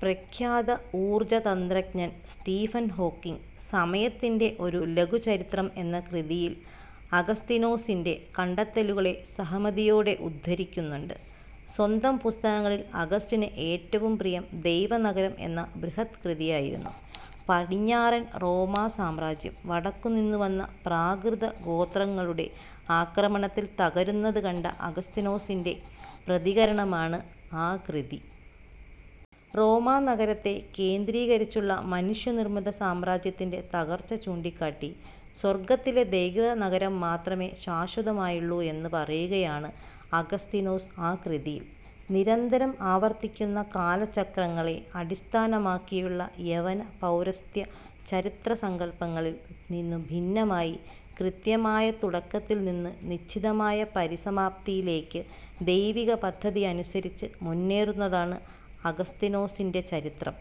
പ്രഖ്യാത ഊർജ്ജതന്ത്രജ്ഞൻ Stephen Hawking, സമയത്തിന്റെ ഒരു ലഘു ചരിത്രം എന്ന കൃതിയിൽ അഗസ്തീനോസിന്റെ കണ്ടെത്തലുകളെ സഹമതിയോടെ ഉദ്ധരിക്കുന്നുണ്ട്. സ്വന്തം പുസ്തകങ്ങളിൽ അഗസ്റ്റിന് ഏറ്റവും പ്രിയം ദൈവനഗരം എന്ന ബൃഹത്കൃതിയായിരുന്നു. പടിഞ്ഞാറൻ റോമാ സാമ്രാജ്യം, വടക്കുനിന്നു വന്ന 'പ്രാകൃതഗോത്രങ്ങളുടെ' ആക്രമണത്തിൽ തകരുന്നത് കണ്ട അഗസ്തീനോസിന്റെ പ്രതികരണമാണ് ആ കൃതി. റോമാനഗരത്തെ കേന്ദ്രീകരിച്ചുള്ള മനുഷ്യനിർമ്മിത സാമ്രാജ്യത്തിന്റെ തകർച്ച ചൂണ്ടിക്കാട്ടി, സ്വർഗ്ഗത്തിലെ ദൈവനഗരം മാത്രമേ ശാശ്വതമായുള്ളു എന്ന് പറയുകയാണ് അഗസ്തീനോസ് ആ കൃതിയിൽ. നിരന്തരം ആവർത്തിക്കുന്ന കാലചക്രങ്ങളെ അടിസ്ഥനമാക്കിയുള്ള യവന, പൗരസ്ത്യ ചരിത്രസങ്കല്പങ്ങളിൽ നിന്നു ഭിന്നമായി, കൃത്യമായ തുടക്കത്തിൽ നിന്ന് നിശ്ചിതമായ പരിസമാപ്തിയിലേയ്ക്കു ദൈവികപദ്ധതിയനുസരിച്ച് മുന്നേറുന്നതാണ് അഗസ്തീനോസിന്റെ ചരിത്രം.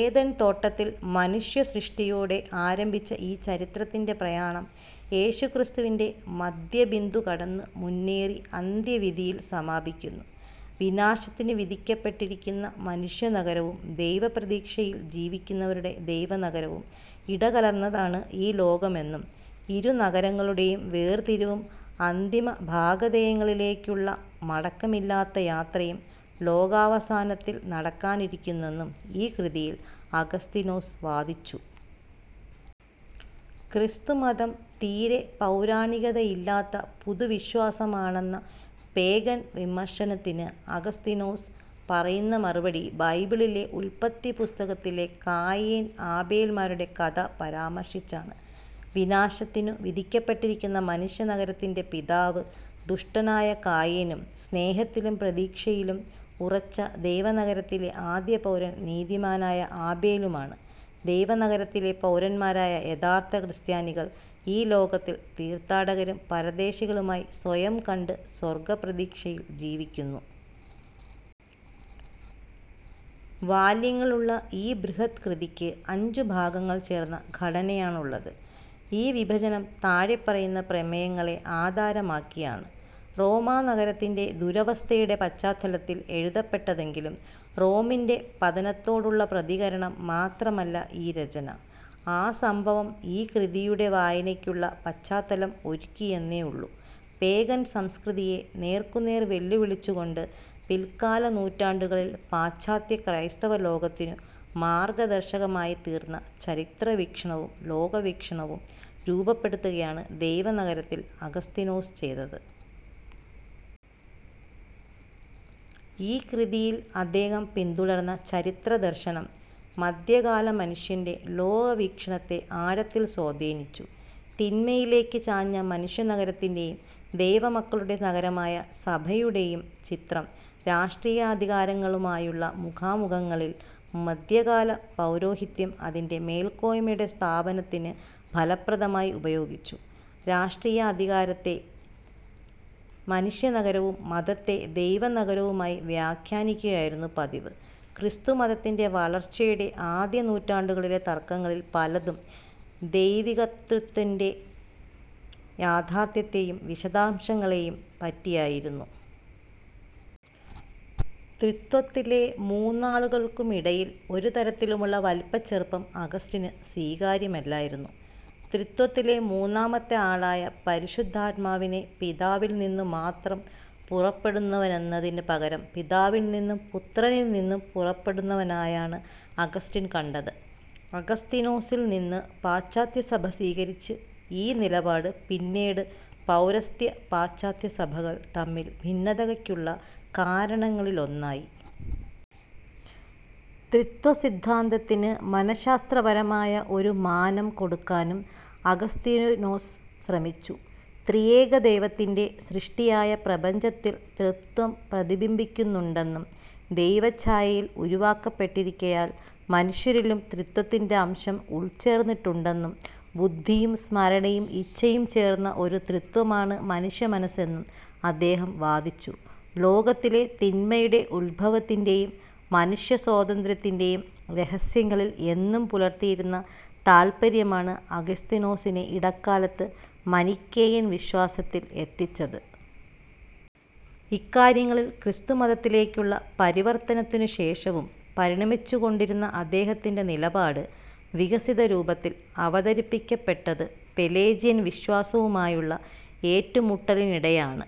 ഏദേൻ തോട്ടത്തിൽ മനുഷ്യസൃഷ്ടിയോടെ ആരംഭിച്ച ഈ ചരിത്രത്തിന്റെ പ്രയാണം യേശുക്രിസ്തുവിൽ മദ്ധ്യബിന്ദു കടന്നു മുന്നേറി അന്ത്യവിധിയിൽ സമാപിക്കുന്നു. വിനാശത്തിനു വിധിക്കപ്പെട്ടിരിക്കുന്ന മനുഷ്യനഗരവും, ദൈവപ്രതീക്ഷയിൽ ജീവിക്കുന്നവരുടെ ദൈവനഗരവും ഇടകലർന്നതാണ് ഈ ലോകമെന്നും ഇരുനഗരങ്ങളുടേയും വേർതിരിവും അന്തിമഭാഗധേയങ്ങളിലേയ്ക്കുള്ള മടക്കമില്ലാത്ത യാത്രയും ലോകാവസാനത്തിൽ നടക്കാനിരിക്കുന്നെന്നും ഈ കൃതിയിൽ അഗസ്തീനോസ് വാദിച്ചു. ക്രിസ്തുമതം തീരെ പൗരാണികതയില്ലാത്ത പുതുവിശ്വാസമാണെന്ന 'പേഗൻ' വിമർശനത്തിന് അഗസ്തീനോസ് പറയുന്ന മറുപടി ബൈബിളിലെ ഉല്പത്തി പുസ്തകത്തിലെ കായേൻ ആബേൽ-മാരുടെ കഥ പരാമർശിച്ചാണ്. വിനാശത്തിനു വിധിക്കപ്പെട്ടിരിക്കുന്ന മനുഷ്യനഗരത്തിന്റെ പിതാവ് ദുഷ്ടനായ കായേനും സ്നേഹത്തിലും പ്രതീക്ഷയിലും ഉറച്ച ദൈവനഗരത്തിലെ ആദ്യപൗരൻ നീതിമാനായ ആബേലും ആണ്. ദൈവനഗരത്തിലെ പൗരന്മാരായ യഥാർത്ഥ ക്രിസ്ത്യാനികൾ ഈ ലോകത്തിൽ തീർത്ഥാടകരും പരദേശികളുമായി സ്വയം കണ്ട് സ്വർഗ്ഗപ്രതീക്ഷയിൽ ജീവിക്കുന്നു. വാല്യങ്ങളുള്ള ഈ ബൃഹദ്കൃതിയ്ക്ക് അഞ്ചു ഭാഗങ്ങൾ ചേർന്ന ഘടനയാണുള്ളത്. ഈ വിഭജനം താഴെപ്പറയുന്ന പ്രമേയങ്ങളെ ആധാരമാക്കിയാണ്: റോമാനഗരത്തിന്റെ ദുരവസ്ഥയുടെ പശ്ചാത്തലത്തിൽ എഴുതപ്പെട്ടതെങ്കിലും റോമിന്റെ പതനത്തോടുള്ള പ്രതികരണം മാത്രമല്ല ഈ രചന. ആ സംഭവം ഈ കൃതിയുടെ വായനയ്ക്കുള്ള പശ്ചത്താലം ഒരുക്കിയെന്നേയുള്ളു. പേഗൻ സംസ്കൃതിയെ നേർക്കുനേർ വെല്ലുവിളിച്ചുകൊണ്ട്, പിൽക്കാലനൂറ്റാണ്ടുകളിൽ പാശ്ചാത്യക്രൈസ്തവലോകത്തിനു മാർഗ്ഗദർശകമായിത്തീർന്ന ചരിത്രവീക്ഷണവും ലോകവീക്ഷണവും രൂപപ്പെടുത്തുകയാണ് ദൈവനഗരത്തിൽ അഗസ്തീനൊസ് ചെയ്തത്. ഈ കൃതിയിൽ അദ്ദേഹം പിന്തുടർന്ന ചരിത്രദർശനം, മദ്ധ്യകാലമനുഷ്യന്റെ ലോകവീക്ഷണത്തെ ആഴത്തിൽ സ്വാധീനിച്ചു. തിന്മയിലേയ്ക്ക് ചാഞ്ഞ മനുഷ്യനഗരത്തിന്റേയും ദൈവമക്കളുടെ നഗരമായ സഭടേയും ചിത്രം, രാഷ്ടീയാധികാരങ്ങളുമായുള്ള മുഖാമുഖങ്ങളിൽ മദ്ധ്യകാലപൗരോഹിത്യം അതിന്റെ മേൽക്കോയ്മയുടെ സ്ഥാപനത്തിന് ഫലപ്രദമായി ഉപയോഗിച്ചു. രാഷ്ടീയാധികാരത്തെ മനുഷ്യനഗരവും മതത്തെ ദൈവനഗരവും ആയി വ്യാഖ്യാനിക്കുകയായിരുന്നു പതിവ്. ക്രിസ്തുമതത്തിന്റെ വളർച്ചയുടെ ആദ്യനൂറ്റാണ്ടുകളിലെ തർക്കങ്ങളിൽ പലതും ദൈവികത്രിത്വത്തിന്റെ യാഥാർത്ഥ്യത്തേയും വിശദാംശങ്ങളേയും പറ്റിയായിരുന്നു. ത്രിത്വത്തിലെ മൂന്നാളുകൾക്കുമിടയിൽ ഒരുതരത്തിലുമുള്ള വലിപ്പച്ചെറുപ്പം അഗസ്റ്റിന് സ്വീകാര്യമല്ലായിരുന്നു. ത്രിത്വത്തിലെ മൂന്നാമത്തെ ആളായ പരിശുദ്ധാത്മാവിനെ പിതാവിൽ നിന്നു മാത്രം പുറപ്പെടുന്നവനെന്നതിന് പകരം പിതാവിൽ നിന്നും പുത്രനിൽ നിന്നും പുറപ്പെടുന്നവനായാണ് അഗസ്റ്റിൻ കണ്ടത്. അഗസ്തീനോസിൽ നിന്ന് പാശ്ചാത്യസഭ സ്വീകരിച്ച് ഈ നിലപാട്, പിന്നീട് പൗരസ്ത്യ-പാശ്ചാത്യസഭകൾ തമ്മിൽ ഭിന്നതക്കുള്ള കാരണങ്ങളിലൊന്നായി. ത്രിത്വസിദ്ധാന്തത്തിന് മനശാസ്ത്രപരമായ ഒരു മാനം കൊടുക്കാനും അഗസ്തീനോസ് ശ്രമിച്ചു. ത്രിയേകദൈവത്തിന്റെ സൃഷ്ടിയായ പ്രപഞ്ചത്തിൽ ത്രിത്വം പ്രതിബിംബിക്കുന്നുണ്ടെന്നും ദൈവഛായയിൽ ഉരുവാക്കപ്പെട്ടിരിക്കയാൽ മനുഷ്യരിലും ത്രിത്വത്തിന്റെ അംശം ഉൾച്ചേർന്നിട്ടുണ്ടെന്നും ബുദ്ധിയും സ്മരണയും ഇച്ഛയും ചേർന്ന ഒരു ത്രിത്വമാണ് മനുഷ്യമനസ്സ് എന്നും അദ്ദേഹം വാദിച്ചു. ലോകത്തിലെ തിന്മയുടെ ഉത്ഭവത്തിന്റേയും മനുഷ്യസ്വാതന്ത്ര്യത്തിന്റേയും രഹസ്യങ്ങളിൽ എന്നും പുലർത്തിയിരുന്ന താത്പര്യമാണ് അഗസ്തീനോസിനെ ഇടക്കാലത്ത് മനിക്കേയൻ വിശ്വാസത്തിൽ എത്തിച്ചത്. ഇക്കാര്യങ്ങളിൽ, ക്രിസ്തുമതത്തിലേയ്ക്കുള്ള പരിവർത്തനത്തിനു ശേഷവും പരിണമിച്ചുകൊണ്ടിരുന്ന അദ്ദേഹത്തിന്റെ നിലപാട്, വികസിതരൂപത്തിൽ അവതരിപ്പിക്കപ്പെട്ടത് പെലേജിയൻ വിശ്വാസവുമായുള്ള ഏറ്റുമുട്ടലിനിടെയാണ്.